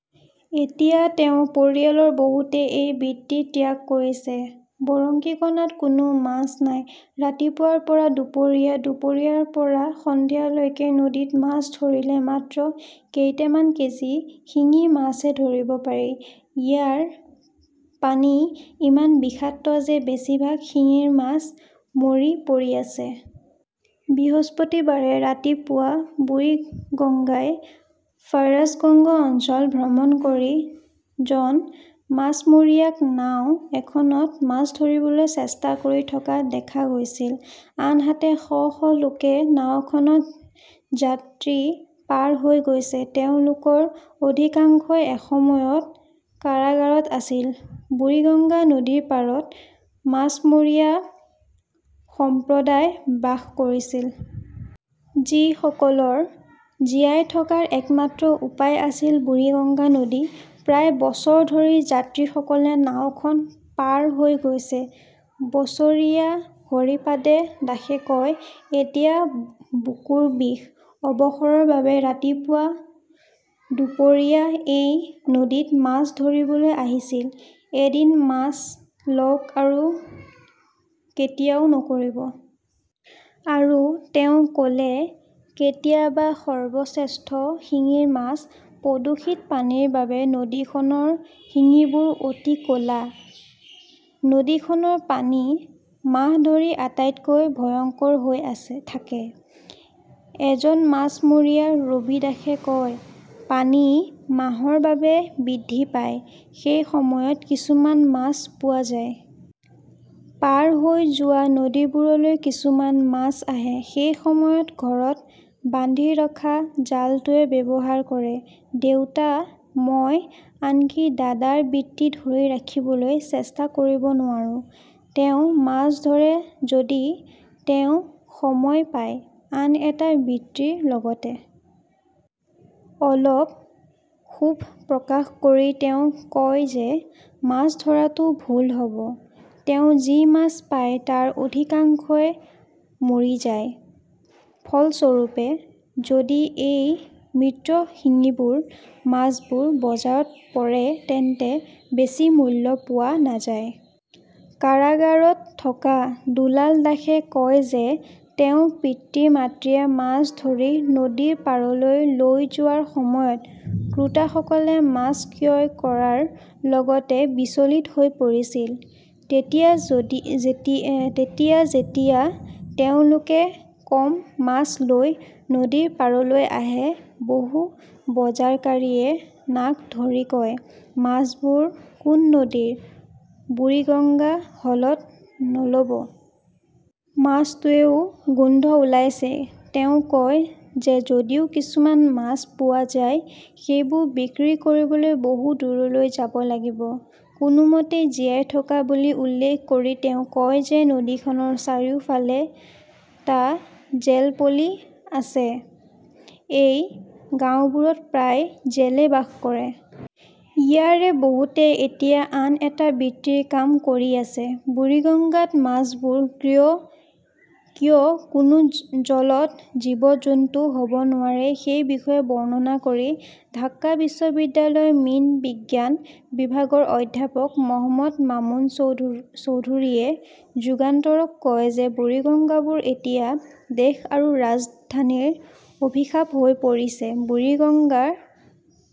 এতিয়া তেওঁৰ পৰিয়ালৰ বহুতে এই বৃত্তি ত্যাগ কৰিছে। বুৰিগাংগাত কোনো মাছ নাই, ৰাতিপুৱাৰ পৰা দুপৰীয়া, দুপৰীয়াৰ পৰা সন্ধিয়ালৈকে নদীত মাছ ধৰিলে মাত্ৰ কেইটামান কেজি সিংহ মাছহে ধৰিব পাৰি। ইয়াৰ পানী ইমান বিষাক্ত যে বেছিভাগ শিংৰ মাছ মৰি পৰি আছে। বৃহস্পতিবাৰে ৰাতিপুৱা বুৰিগংগাই ফাৰাছগঞ্জ অঞ্চল ভ্ৰমণ কৰি জন মাছমৰীয়াক নাও এখনত মাছ ধৰিবলৈ চেষ্টা কৰি থকা দেখা গৈছিল। আনহাতে, শ শ লোকে নাওখনত যাত্ৰী পাৰ হৈ গৈছে। তেওঁলোকৰ অধিকাংশই এসময়ত কাৰাগাৰত আছিল। বুৰিগঙ্গা নদীৰ পাৰত মাছমৰীয়া সম্প্ৰদায় বাস কৰিছিল। যিসকলৰ জীয়াই থকাৰ একমাত্ৰ উপায় আছিল বুৰিগঙ্গা নদী। প্ৰায় বছৰ ধৰি যাত্ৰীসকলে নাওখনত পাৰ হৈ গৈছে, বছৰীয়া হৰিপাদ দাসে কয়। এতিয়া বুকুৰ বিষ। অৱসৰৰ বাবে ৰাতিপুৱা-দুপৰীয়া এই নদীত মাছ ধৰিবলৈ আহিছিল। এদিন মাছ লওক, আৰু কেতিয়াও নকৰিব। আৰু তেওঁ ক "লে," কেতিয়াবা সৰ্বশ্ৰেষ্ঠ শিংৰ মাছ। " প্ৰদূষিত পানীৰ বাবে নদীখনৰ সিংহবোৰ অতি ক 'লা। নদীখনৰ পানী মাহ ধৰি আটাইতকৈ ভয়ংকৰ হৈ থাকে, এজন মাছমৰীয়া ৰবি দাসে কয়। পানী মাহৰ বাবে বৃদ্ধি পায়, সেই সময়ত কিছুমান মাছ পোৱা যায়। পাৰ হৈ যোৱা নদীবোৰলৈ কিছুমান মাছ আহে। সেই সময়ত ঘৰত বান্ধি ৰখা জালটোৱে ব্যৱহাৰ কৰে। দেউতা, মই আনকি দাদাৰ বৃত্তি ধৰি ৰাখিবলৈ চেষ্টা কৰিব নোৱাৰোঁ। তেওঁ মাছ ধৰে যদি তেওঁ সময় পায়, আন এটা বৃত্তিৰ লগতে। অলপ ক্ষোভ প্ৰকাশ কৰি তেওঁ কয় যে মাছ ধৰাটো ভুল হ "ব, তেওঁ যি মাছ পায় তাৰ অধিকাংশই মৰি যায়। ফলস্বৰূপে, যদি এই মৃত শিংবোৰ মাছবোৰ বজাৰত পৰে তেন্তে বেছি মূল্য পোৱা নাযায়। কাৰাগাৰত থকা দুলাল দাসে কয় যে তেওঁৰ পিতৃ-মাতৃয়ে মাছ ধৰি নদীৰ পাৰলৈ লৈ যোৱাৰ সময়ত ক্ৰেতাসকলে মাছ ক্ৰয় কৰাৰ আগতে বিচলিত হৈ পৰিছিল। এতিয়া যেতিয়া তেওঁলোকে কম মাছ লৈ নদীৰ পাৰলৈ আহে, বহু বজাৰকাৰীয়ে নাক ধৰি কয়, 'মাছবোৰ কোন নদীৰ, বুৰিগঙ্গাৰ হলত নল' ব। মাছটোৱেও গোন্ধ উলিয়াইছে। "তেওঁ কয় যে যদিও কিছুমান মাছ পোৱা যায়, সেইবোৰ বিক্ৰী কৰিবলৈ বহু দূৰলৈ যাব লাগিব। কোনোমতে জীয়াই থকা বুলি উল্লেখ কৰি তেওঁ কয় যে নদীখনৰ চাৰিওফালে টা জেলপল্লী আছে। এই গাওঁবোৰত প্ৰায় জেলে বাস কৰে। ইয়াৰে বহুতে এতিয়া আন এটা বৃত্তিত কাম কৰি আছে। বুৰিগাংগাত মাছবোৰ কিয় কোনো জলজ জীৱ-জন্তু হ "ব নোৱাৰে সেই বিষয়ে বৰ্ণনা কৰি ঢাকা বিশ্ববিদ্যালয়ৰ মীন বিজ্ঞান বিভাগৰ অধ্যাপক মহম্মদ মামুন চৌধুৰীয়ে যুগান্তৰক কয় যে বুৰিগংগাবোৰ এতিয়া দেশ আৰু ৰাজধানীৰ অভিশাপ হৈ পৰিছে। বুৰিগঙ্গাৰ